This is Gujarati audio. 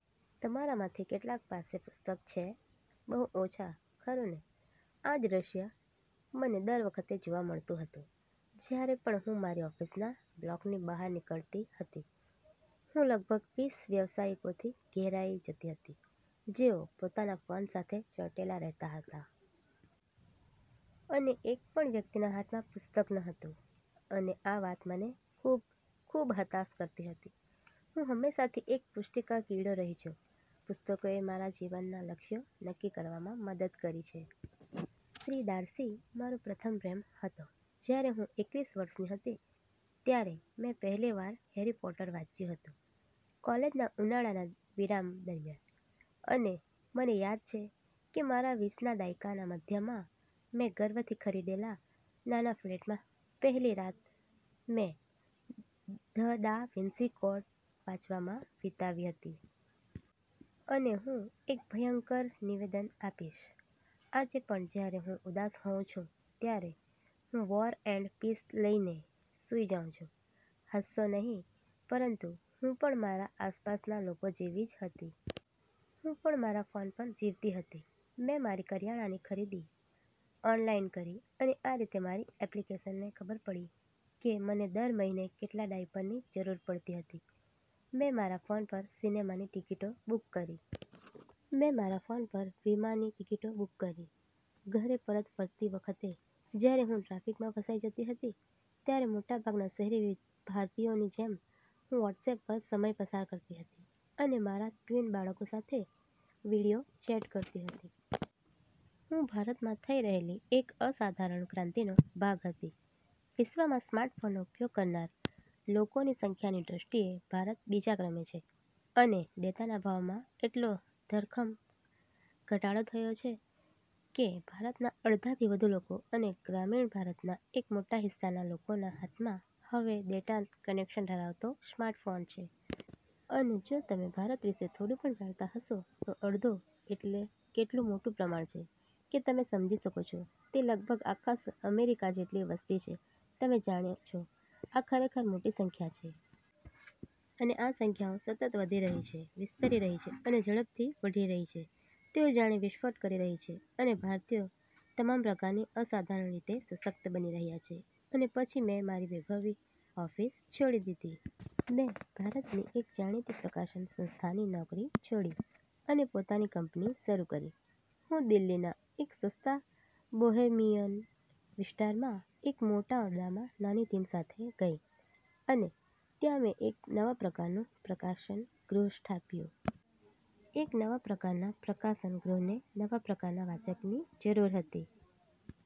તમારામાંથી કેટલા પાસે પુસ્તક છે? બહુ ઓછા, ખરું ને? આ જ દૃશ્ય મને દર વખતે જોવા મળતું હતું, જ્યારે પણ હું મારી ઓફિસના બ્લોકની બહાર નીકળતી હતી. હું લગભગ વીસ વ્યાવસાયિકોથી ઘેરાઈ જતી હતી, જેઓ પોતાના ફોન સાથે ચોંટેલા રહેતા હતા. અને એક પણ વ્યક્તિના હાથમાં પુસ્તક ન હતું. અને આ વાત મને ખૂબ, ખૂબ હતાશ કરતી હતી. હું હંમેશાથી એક પુસ્તકી કીડો રહી છું. પુસ્તકોએ મારા જીવનના લક્ષ્યો નક્કી કરવામાં મદદ કરી છે. શ્રી ડાર્સી મારો પ્રથમ પ્રેમ હતો. જ્યારે હું એકવીસ વર્ષની હતી, ત્યારે મેં પહેલી વાર “હેરી પોટર” વાંચ્યું હતું, કોલેજના ઉનાળાના વિરામ દરમિયાન. અને મને યાદ છે કે મારા વીસના દાયકાના મધ્યમાં મેં ગર્વથી ખરીદેલા નાના ફ્લેટમાં પહેલી રાત મેં “ધ દા વિન્સી કોડ” વાંચવામાં વિતાવી હતી. અને હવે હું એક ભયંકર નિવેદન આપીશ: આજે પણ જ્યારે હું ઉદાસ હોઉં છું, ત્યારે હું “વૉર એન્ડ પીસ” લઈને સૂઈ જાઉં છું. હસશો નહીં. પરંતુ હું પણ મારા આસપાસના લોકો જેવી જ હતી. હું પણ મારા ફોન પર જીવતી હતી. મેં મારી કરિયાણાની ખરીદી ઓનલાઈન કરી અને આ રીતે મારી એપ્લિકેશનને ખબર પડી કે મને દર મહિને કેટલા ડાયપરની જરૂર પડતી હતી. મેં મારા ફોન પર સિનેમાની ટિકિટો બુક કરી. મેં મારા ફોન પર વિમાની ટિકિટો બુક કરી. ઘરે પરત ફરતી વખતે, જ્યારે હું ટ્રાફિકમાં ફસાઈ જતી હતી, ત્યારે મોટાભાગના શહેરી ભારતીયોની જેમ હું વોટ્સએપ પર સમય પસાર કરતી હતી અને મારા ટ્વિન બાળકો સાથે વિડિયો ચેટ કરતી હતી. હું ભારતમાં થઈ રહેલી એક અસાધારણ ક્રાંતિનો ભાગ હતી. વિશ્વમાં સ્માર્ટફોનનો ઉપયોગ કરનારા લોકોની સંખ્યાની દૃષ્ટિએ ભારત બીજા ક્રમે છે. અને ડેટાના ભાવમાં એટલો ધરખમ ઘટાડો થયો છે કે ભારતના અડધાથી વધુ લોકો અને ગ્રામીણ ભારતના એક મોટા હિસ્સાના લોકોના હાથમાં હવે ડેટા કનેક્શન ધરાવતો સ્માર્ટફોન છે. અને જો તમે ભારત વિશે થોડું પણ જાણતા હશો, તો “અડધો” એટલે કેટલું મોટું પ્રમાણ છે તે તમે સમજી શકો છો. તે લગભગ આખા અમેરિકા જેટલી વસ્તી છે. તમે જાણો છો, આ ખરેખર મોટી સંખ્યા છે. અને આ સંખ્યાઓ સતત વધી રહી છે, વિસ્તરી રહી છે અને ઝડપથી વધી રહી છે. તેઓ જાણે વિસ્ફોટ કરી રહી છે. અને ભારતીયો તમામ પ્રકારની અસાધારણ રીતે સશક્ત બની રહ્યા છે. અને પછી મેં મારી વૈભવી ઓફિસ છોડી દીધી. મેં ભારતની એક જાણીતી પ્રકાશન સંસ્થાની નોકરી છોડી અને પોતાની કંપની શરૂ કરી. હું દિલ્હીના એક સસ્તા બોહેમિયન વિસ્તારમાં એક મોટા ઓરડામાં નાની ટીમ સાથે ગઈ. અને ત્યાં મેં એક નવા પ્રકારનું પ્રકાશન ગૃહ સ્થાપ્યું. એક નવા પ્રકારના પ્રકાશન ગૃહને નવા પ્રકારના વાચકની જરૂર હતી.